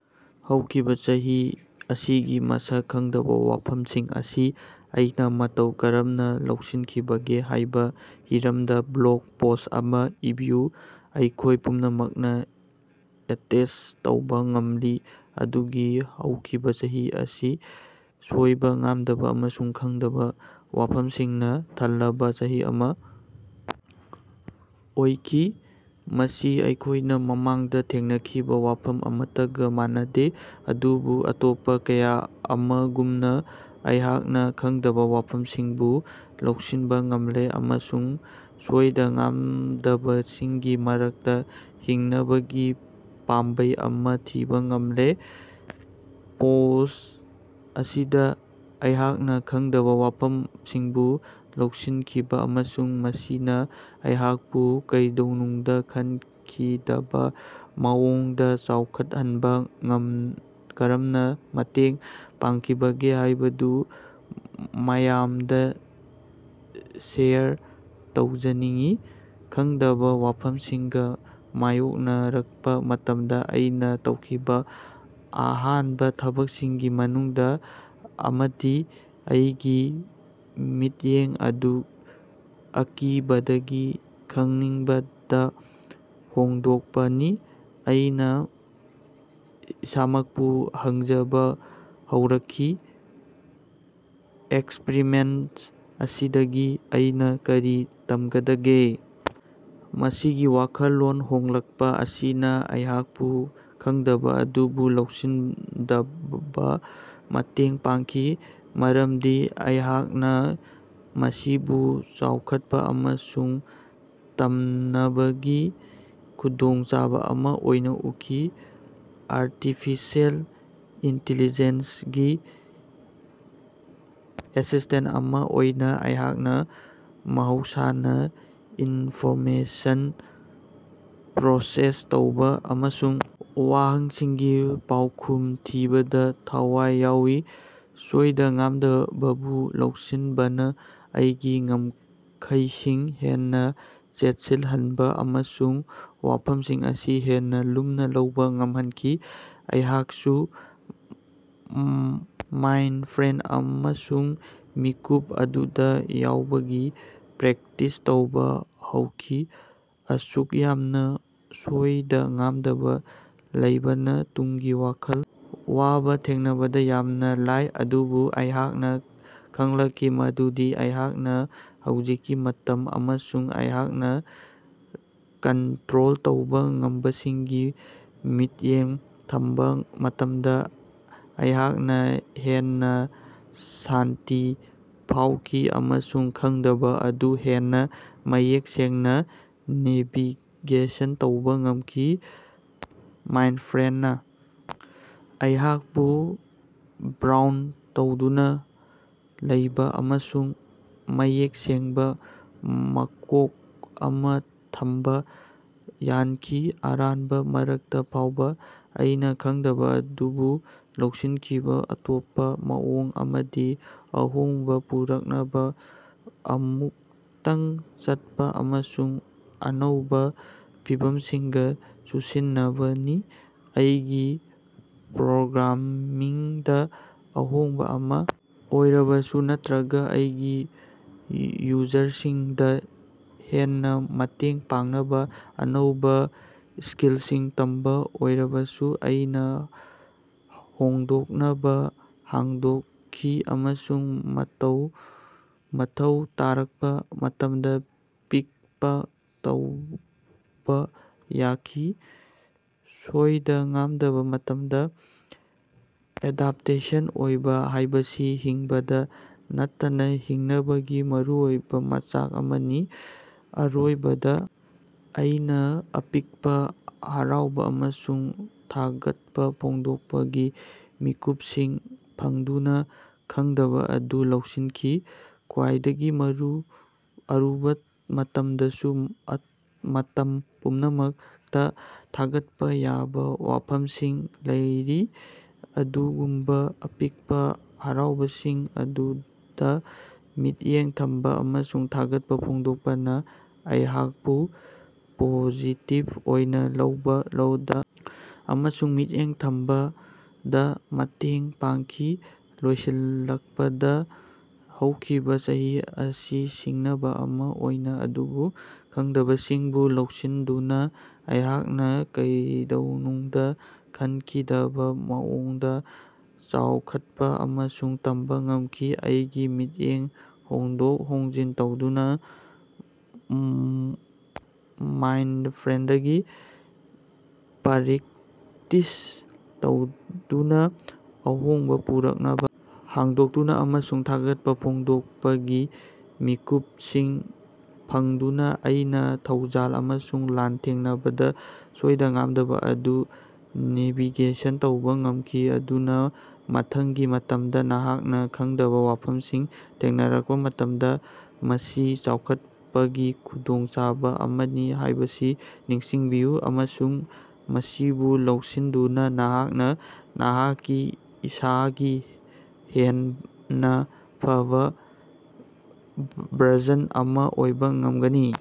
ꯍꯧꯈꯤꯕ ꯆꯍꯤ ꯑꯁꯤꯒꯤ ꯃꯁꯛ ꯈꯪꯗꯕ ꯋꯥꯐꯝꯁꯤꯡ ꯑꯁꯤ ꯑꯩꯅ ꯃꯇꯧ ꯀꯔꯝꯅ ꯂꯧꯁꯤꯟꯈꯤꯕꯒꯦ ꯍꯥꯢꯕ ꯍꯤꯔꯝꯗ ꯕ꯭ꯂꯣꯒ ꯄꯣꯁ꯭ꯠ ꯑꯃ ꯏꯕꯤꯌꯨ꯫ ꯑꯩꯈꯣꯢ ꯄꯨꯝꯅꯃꯛꯅ ꯑꯦꯇꯦꯁ꯭ꯠ ꯇꯧꯕ ꯉꯝꯂꯤ ꯃꯗꯨꯗꯤ ꯍꯧꯈꯤꯕ ꯆꯍꯤ ꯑꯁꯤ ꯁꯣꯏꯗ-ꯉꯥꯝꯗꯕ ꯑꯃꯁꯨꯡ ꯈꯪꯗꯕ ꯋꯥꯐꯝꯁꯤꯡꯅ ꯊꯜꯂꯕ ꯆꯍꯤ ꯑꯃ ꯑꯣꯏꯈꯤ, ꯃꯁꯤ ꯑꯩꯈꯣꯢꯅ ꯃꯃꯥꯡꯗ ꯊꯦꯡꯅꯈꯤꯗꯕ ꯋꯥꯐꯝ ꯑꯃꯠꯇꯒ ꯃꯥꯟꯅꯗꯦ꯫ ꯑꯗꯨꯕꯨ ꯑꯇꯣꯞꯄ ꯀꯌꯥ ꯑꯃꯒꯨꯝꯅ ꯑꯩꯍꯥꯛꯅ ꯈꯪꯗꯕ ꯋꯥꯐꯝꯁꯤꯡꯕꯨ ꯂꯧꯁꯤꯟꯕ ꯉꯝꯂꯦ ꯑꯃꯁꯨꯡ ꯁꯣꯏꯗ-ꯉꯥꯝꯗꯕꯁꯤꯡꯒꯤ ꯃꯔꯛꯇ ꯍꯤꯡꯅꯕꯒꯤ ꯄꯥꯝꯕꯩ ꯑꯃ ꯊꯤꯕ ꯉꯝꯂꯦ꯫ ꯄꯣꯁ꯭ꯠ ꯑꯁꯤꯗ ꯑꯩꯍꯥꯛꯅ ꯈꯪꯗꯕ ꯋꯥꯐꯝ ꯁꯤꯡꯕꯨ ꯂꯧꯁꯤꯟꯈꯤꯕ ꯑꯃꯁꯨꯡ ꯃꯁꯤꯅ ꯑꯩꯍꯥꯛꯄꯨ ꯀꯩꯗꯧꯅꯨꯡꯗ ꯈꯟꯈꯤꯗꯕ ꯃꯑꯣꯡꯗ ꯆꯥꯎꯈꯠꯍꯟꯕꯗ ꯀꯔꯝꯅ ꯃꯇꯦꯡ ꯄꯥꯡꯈꯤꯕꯒꯦ ꯍꯥꯢꯕꯗꯨ ꯃꯌꯥꯝꯗ ꯁꯦꯌꯔ ꯇꯧꯖꯅꯤꯡꯏ꯫ ꯈꯪꯗꯕ ꯋꯥꯐꯝꯁꯤꯡꯒ ꯃꯥꯌꯣꯛꯅꯔꯛꯄ ꯃꯇꯝꯗ ꯑꯩꯅ ꯇꯧꯈꯤꯕ ꯑꯍꯥꯟꯕ ꯊꯕꯛꯁꯤꯡꯒꯤ ꯃꯅꯨꯡꯗ ꯑꯃꯗꯤ ꯑꯩꯒꯤ ꯃꯤꯠꯌꯦꯡ ꯑꯗꯨ ꯑꯀꯤꯕꯗꯒꯤ ꯈꯪꯅꯤꯡꯕꯗ ꯍꯣꯡꯗꯣꯛꯄꯅꯤ꯫ ꯑꯩꯅ ꯏꯁꯥꯃꯛꯄꯨ ꯍꯪꯖꯕ ꯍꯧꯔꯛꯈꯤ, "ꯑꯦꯛꯁꯄꯔꯤꯑꯦꯟꯁ ꯑꯁꯤꯗꯒꯤ ꯑꯩꯅ ꯀꯔꯤ ꯇꯝꯒꯗꯒꯦ? " ꯃꯁꯤꯒꯤ ꯋꯥꯈꯜꯂꯣꯟ ꯍꯣꯡꯂꯀꯄ ꯑꯁꯤꯅ ꯑꯩꯍꯥꯛꯄꯨ ꯈꯪꯗꯕ ꯑꯗꯨꯕꯨ ꯂꯧꯁꯤꯟꯕꯗ ꯃꯇꯦꯡ ꯄꯥꯡꯈꯤ, ꯃꯔꯝꯗꯤ ꯑꯩꯍꯥꯛꯅ ꯃꯁꯤꯕꯨ ꯆꯥꯎꯈꯠꯄ ꯑꯃꯁꯨꯡ ꯇꯝꯅꯕꯒꯤ ꯈꯨꯗꯣꯡꯆꯥꯕ ꯑꯃ ꯑꯣꯏꯅ ꯎꯈꯤ꯫ ꯑꯔꯇꯤꯐꯤꯁꯦꯜ ꯑꯤꯟꯇꯤꯂꯤꯖꯦꯟꯁ ꯒꯤ ꯑꯦꯁꯤꯁ꯭ꯇꯦꯟꯇ ꯑꯃ ꯑꯣꯏꯅ ꯑꯩꯍꯥꯛꯅ ꯃꯍꯧꯁꯥꯅ ꯏꯟꯐꯣꯔꯃꯦꯁꯟ ꯄ꯭ꯔꯣꯁꯦꯁ ꯇꯧꯕ ꯑꯃꯁꯨꯡ ꯋꯥꯍꯪꯁꯤꯡꯒꯤ ꯄꯥꯎꯈꯨꯝ ꯊꯤꯕꯗ ꯊꯋꯥꯏ ꯌꯥꯎꯏ꯫ ꯁꯣꯏꯗ-ꯉꯥꯝꯗꯕꯕꯨ ꯂꯧꯁꯤꯟꯕꯅ ꯑꯩꯒꯤ ꯉꯝꯈꯩꯁꯤꯡ ꯍꯦꯟꯅ ꯆꯦꯠꯁꯤꯜꯍꯟꯕ ꯑꯃꯁꯨꯡ ꯋꯥꯐꯝꯁꯤꯡ ꯑꯁꯤ ꯍꯦꯟꯅ ꯂꯨꯝꯅ ꯂꯧꯕ ꯉꯝꯍꯟꯈꯤ꯫ ꯑꯩꯍꯥꯛꯁꯨ ꯃꯥꯏꯟꯗꯐ꯭ꯔꯦꯟꯗ ꯑꯃꯁꯨꯡ ꯃꯤꯀꯨꯞ ꯑꯗꯨꯗ ꯌꯥꯎꯕꯒꯤ ꯄ꯭ꯔꯦꯛꯇꯤꯁ ꯇꯧꯕ ꯍꯧꯈꯤ꯫ ꯑꯁꯨꯛ ꯌꯥꯝꯅ ꯁꯣꯏꯗ-ꯉꯥꯝꯗꯕ ꯂꯩꯕꯅ ꯇꯨꯡꯒꯤ ꯋꯥꯈꯜ ꯋꯥꯕ ꯊꯦꯡꯅꯕꯗ ꯌꯥꯝꯅ ꯂꯥꯏ꯫ ꯑꯗꯨꯕꯨ ꯑꯩꯍꯥꯛꯅ ꯈꯪꯂꯛꯈꯤ ꯃꯗꯨꯗꯤ ꯑꯩꯍꯥꯛꯅ ꯍꯧꯖꯤꯛꯀꯤ ꯃꯇꯝ ꯑꯃꯁꯨꯡ ꯑꯩꯍꯥꯛꯅ ꯀꯟꯇ꯭ꯔꯣꯜ ꯇꯧꯕ ꯉꯝꯕꯁꯤꯡꯗꯤ ꯃꯤꯠꯌꯦꯡ ꯊꯝꯕ ꯃꯇꯝꯗ ꯑꯩꯍꯥꯛꯅ ꯍꯦꯟꯅ ꯁꯥꯟꯇꯤ ꯐꯥꯎꯈꯤ ꯑꯃꯁꯨꯡ ꯈꯪꯗꯕ ꯑꯗꯨ ꯍꯦꯟꯅ ꯃꯌꯦꯛ ꯁꯦꯡꯅ ꯅꯦꯚꯤꯒꯦꯁꯟ ꯇꯧꯕ ꯉꯝꯈꯤ꯫ ꯃꯥꯏꯟꯗꯐ꯭ꯔꯦꯟꯗꯅꯥ ꯑꯩꯍꯥꯛꯄꯨ ꯒ꯭ꯔꯥꯎꯟꯗ ꯇꯧꯗꯨꯅ ꯂꯩꯕ ꯑꯃꯁꯨꯡ ꯃꯌꯦꯛ ꯁꯦꯡꯕ ꯃꯀꯣꯛ ꯑꯃ ꯊꯝꯕ ꯌꯥꯍꯟꯈꯤ, ꯑꯔꯥꯟꯕ ꯃꯔꯛꯇ ꯐꯥꯎꯕ꯫ ꯑꯩꯅ ꯈꯪꯗꯕ ꯑꯗꯨꯕꯨ ꯂꯧꯁꯤꯟꯈꯤꯕ ꯑꯇꯣꯞꯄ ꯃꯑꯣꯡ ꯑꯃꯗꯤ ꯑꯍꯣꯡꯕ ꯄꯨꯔꯛꯅꯕ ꯑꯃꯨꯛꯇꯪ ꯆꯠꯄ ꯑꯃꯁꯨꯡ ꯑꯅꯧꯕ ꯐꯤꯚꯝꯁꯤꯡꯒ ꯆꯨꯁꯤꯟꯅꯕꯅꯤ꯫ ꯑꯩꯒꯤ ꯄ꯭ꯔꯣꯒ꯭ꯔꯥꯃꯤꯡꯗ ꯑꯍꯣꯡꯕ ꯑꯃ ꯑꯣꯏꯔꯕꯁꯨ ꯅꯠꯇ꯭ꯔꯒ ꯑꯩꯒꯤ ꯌꯨꯖꯔꯁꯤꯡꯗ ꯍꯦꯟꯅ ꯃꯇꯦꯡ ꯄꯥꯡꯅꯕ ꯑꯅꯧꯕ ꯁ꯭ꯀꯤꯜꯁꯤꯡ ꯇꯝꯕ ꯑꯣꯏꯔꯕꯁꯨ, ꯑꯩꯅ ꯍꯣꯡꯗꯣꯛꯅꯕ ꯍꯥꯡꯗꯣꯛꯈꯤ ꯑꯃꯁꯨꯡ ꯃꯊꯧ ꯇꯥꯔꯛꯄ ꯃꯇꯝꯗ ꯄꯤꯀꯞ ꯇꯧꯕ ꯌꯥꯈꯤ꯫ ꯁꯣꯏꯗ-ꯉꯥꯝꯗꯕ ꯃꯇꯝꯗ, ꯑꯦꯗꯞꯇꯦꯕꯜ ꯑꯣꯏꯕ ꯍꯥꯢꯕꯁꯤ ꯍꯤꯡꯕꯗ ꯅꯠꯇꯅ ꯍꯤꯡꯅꯕꯒꯤ ꯃꯔꯨꯑꯣꯏꯕ ꯃꯆꯥꯛ ꯑꯃꯅꯤ꯫ ꯑꯔꯣꯏꯕꯗ ꯑꯩꯅ ꯑꯄꯤꯛꯄ ꯍꯔꯥꯎꯕ ꯑꯃꯁꯨꯡ ꯊꯥꯒꯠꯄ ꯐꯣꯡꯗꯣꯛꯄꯒꯤ ꯃꯤꯀꯨꯞꯁꯤꯡ ꯐꯪꯗꯨꯅ ꯈꯪꯗꯕ ꯑꯗꯨ ꯂꯧꯁꯤꯟꯈꯤ꯫ ꯈ꯭ꯋꯥꯏꯗꯒꯤ ꯑꯔꯨꯕ ꯃꯇꯝꯗꯁꯨ ꯃꯇꯝ ꯄꯨꯝꯅꯃꯛꯇ ꯊꯥꯒꯠꯄ ꯌꯥꯕ ꯋꯥꯐꯝꯁꯤꯡ ꯂꯩꯔꯤ꯫ ꯑꯗꯨꯒꯨꯝꯕ ꯑꯄꯤꯛꯄ ꯍꯔꯥꯎꯕꯁꯤꯡ ꯑꯗꯨꯗ ꯃꯤꯠꯌꯦꯡ ꯊꯝꯕ ꯑꯃꯁꯨꯡ ꯊꯥꯒꯠꯄ ꯐꯣꯡꯗꯣꯛꯄꯅ ꯑꯩꯍꯥꯛꯄꯨ ꯄꯣꯖꯤꯇꯤꯕ ꯑꯣꯏꯅ ꯂꯩꯕꯗ ꯑꯃꯁꯨꯡ ꯃꯤꯠꯌꯦꯡ ꯊꯝꯕꯗ ꯃꯇꯦꯡ ꯄꯥꯡꯈꯤ꯫ ꯂꯣꯏꯁꯤꯜꯂꯛꯄꯗ, ꯍꯧꯈꯤꯕ ꯆꯍꯤ ꯑꯁꯤ ꯁꯤꯡꯅꯕ ꯑꯃ ꯑꯣꯏꯈꯤ, ꯑꯗꯨꯕꯨ ꯈꯪꯗꯕꯁꯤꯡꯕꯨ ꯂꯧꯁꯤꯟꯗꯨꯅ ꯑꯩꯍꯥꯛꯅ ꯀꯩꯗꯧꯅꯨꯡꯗ ꯈꯟꯈꯤꯗꯕ ꯃꯑꯣꯡꯗ ꯆꯥꯎꯈꯠꯄ ꯑꯃꯁꯨꯡ ꯇꯝꯕꯥ ꯉꯝꯈꯤ꯫ ꯑꯩꯒꯤ ꯃꯤꯠꯌꯦꯡ ꯍꯣꯡꯗꯣꯛ ꯍꯣꯡꯖꯤꯟ ꯇꯧꯗꯨꯅ, ꯃꯥꯏꯟꯗꯐ꯭ꯔꯦꯟꯗꯒꯤ ꯄ꯭ꯔꯦꯛꯇꯤꯁ ꯇꯧꯗꯨꯅ, ꯑꯍꯣꯡꯕ ꯄꯨꯔꯛꯅꯕ ꯍꯥꯡꯗꯣꯛꯇꯨꯅ, ꯑꯃꯁꯨꯡ ꯊꯥꯒꯠꯄ ꯐꯣꯡꯗꯣꯛꯄꯒꯤ ꯃꯤꯀꯨꯞꯁꯤꯡ ꯐꯪꯗꯨꯅ ꯑꯩꯅ ꯊꯧꯖꯥꯜ ꯑꯃꯁꯨꯡ ꯂꯥꯟꯊꯦꯡꯅꯕꯗ ꯁꯣꯏꯗ-ꯉꯥꯝꯗꯕ ꯑꯗꯨ ꯅꯦꯚꯤꯒꯦꯁꯟ ꯇꯧꯕ ꯉꯝꯈꯤ꯫ ꯑꯗꯨꯅ ꯃꯊꯪꯒꯤ ꯃꯇꯝꯗ ꯅꯍꯥꯛꯅ ꯈꯪꯗꯕ ꯋꯥꯐꯝꯁꯤꯡꯒ ꯊꯦꯡꯅꯔꯛꯄ ꯃꯇꯝꯗ, ꯃꯁꯤ ꯆꯥꯎꯈꯠꯄꯒꯤ ꯈꯨꯗꯣꯡꯆꯥꯕ ꯑꯃꯅꯤ ꯍꯥꯢꯕꯁꯤ ꯅꯤꯡꯁꯤꯡꯕꯤꯌꯨ, ꯑꯃꯁꯨꯡ ꯃꯁꯤꯕꯨ ꯂꯧꯁꯤꯟꯗꯨꯅ ꯅꯍꯥꯛꯅ ꯅꯍꯥꯛꯀꯤ ꯏꯁꯥꯒꯤ ꯍꯦꯟꯅ ꯐꯕ ꯚꯔꯖꯟ ꯑꯃ ꯑꯣꯏꯕ ꯉꯝꯒꯅꯤ꯫